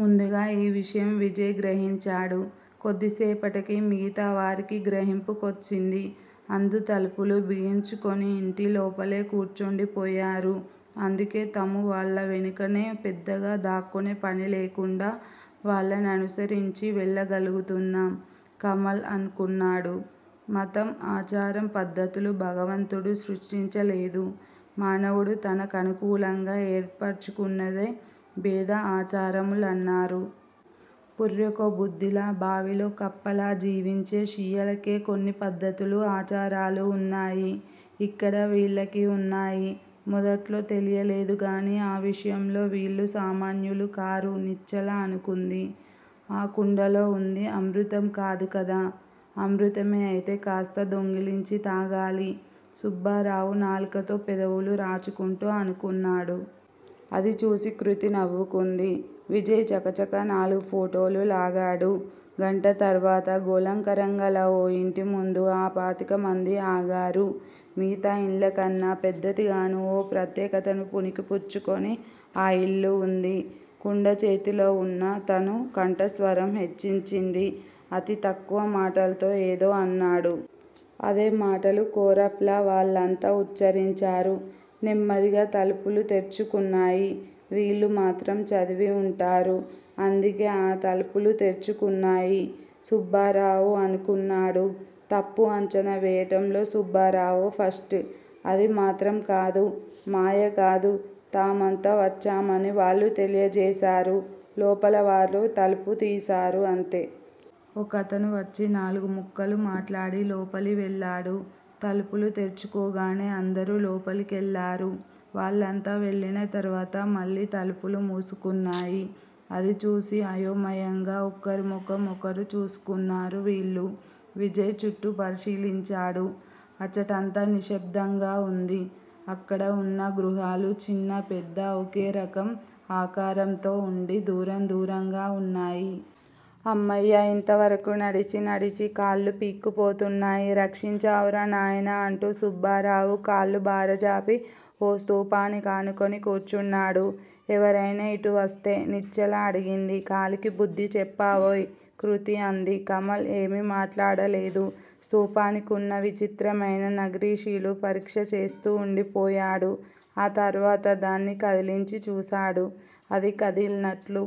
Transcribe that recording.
ముందుగా ఈ విషయం విజయ్ గ్రహించాడు. కొద్దిసేపటికి మిగతావారికి గ్రహింపు కొచ్చింది అందూ తలుపులు బిగించుకుని ఇంటిలోపలే కూర్చుండిపోయారు. అందుకే తాము వాళ్ళ వెనుకనే పెద్దగా దాక్కోనే పనిలేకుండా వాళ్ళననుసరించి వెళ్ళగలుగుతున్నాం కమల్ అనుకున్నాడు. మతము, ఆచారము పద్దతులు భగవంతుడు సృష్టించలేదు. మానవుడు తన కనుకూలంగా ఏర్పరుచుకున్నదే భేద ఆచారాములన్నారు. పుర్రెకో బుద్ది లా, బావిలో కప్పల్లా జీవించే షియ్యాలకి కొన్ని పద్దతులు ఆచారాలు వున్నాయి. ఇక్కడ వీళ్ళకివున్నాయి. మొదట్లో తెలియలేదుగాని ఆ విషయంలో వీళ్ళూ సామాన్యులు కారు నిశ్చల అనుకుంది. ఆ కుండలో ఉంది అమృతం కాదు కదా! అమృతమే అయితే కాస్త దొంగలించి తాగాలి సుబ్బారావు నాలుకతో పెదవులు రాచుకుంటూ అనుకున్నాడు. అది చూసి కృతి నవ్వుకుంది. విజయ్ చకచక నాలుగు ఫోటోలు లాగాడు. గంట తర్వాత గోళాకారంగల ఓ యింటిముందు ఆపాతికమందీ ఆగారు. మిగతా ఇళ్ళకన్నా పెద్దదిగాను ఓ ప్రత్యెకతపుణికి పుచ్చుకుని ఆ యిల్లు ఉంది. కుండ చేతులోవున్న తను కంఠస్వరం హెచ్చించింది. అతి తక్కువ మాటలతో ఏదో అన్నాడు. అదే మాటలు కోరఫ్ లా వాళ్ళంతా వుశ్చరించారు. నెమ్మదిగా తలుపులు తెరుచుకున్నాయి. వీళ్ళు మాత్రం చదివి వుంటారు. అందుకే ఆ తలుపులు తెరుచుకున్నాయి సుబ్బారావు అనుకున్నాడు. తప్పు అంచనా వేయటంలో సుబ్బారావు ఫస్ట్. అది మాత్రం కాదు మాయగాదు. తామంతావచ్చామని వాళ్ళు తెలియ జేశారు. లోపలి వారు తలుపు తీశారు అంతే. ఒకతను వచ్చి నాలుగుముక్కలు మాట్లాడి లోపలి వెళ్ళాడు. తలుపులు తెరుచుకొగానే అందరూ లోపలికెళ్ళారు. వాళ్ళంతా వెళ్ళినతరువాత మళ్ళీతలుపులు మూసుకున్నాయి. అది చూసి అయోమయంగా ఒకరిముఖం ఒకరు చూసుకున్నారు వీళ్ళు. విజయ్ చుట్టూపరిశీలించాడు, అచ్చటంతా నిశ్శబ్దంగా వుంది. అక్కడవున్న గృహాలు చిన్నా పెద్దా ఒకేరకం ఆకారంతో వుండి దూరదూరంగా వున్నాయి. అమ్మయ్య! ఇంతవరకూ నడిచినడిచికాళ్ళు పీక్కుపోతున్నాయి. రక్షించావురా నాయనా! అంటూ సుబ్బారావు కాళ్ళు బారజాపి ఓ స్థూపానికి అనుకుని కూర్చున్నాడు. ఎవరైనా ఇటు వస్తే! నిశ్చల అడిగింది. కాలికి బుద్ధిచెప్పవోయ్! కృతి అంది. కమల్ ఏమీ మాట్లాడలేదు స్థూపానికున్న విచిత్రమైన నగరి షీలు పరీక్ష చేస్తూవుండిపోయాడు. ఆ తర్వాత దాన్ని కదిలించిచూశాడు. అది కదిలినట్లు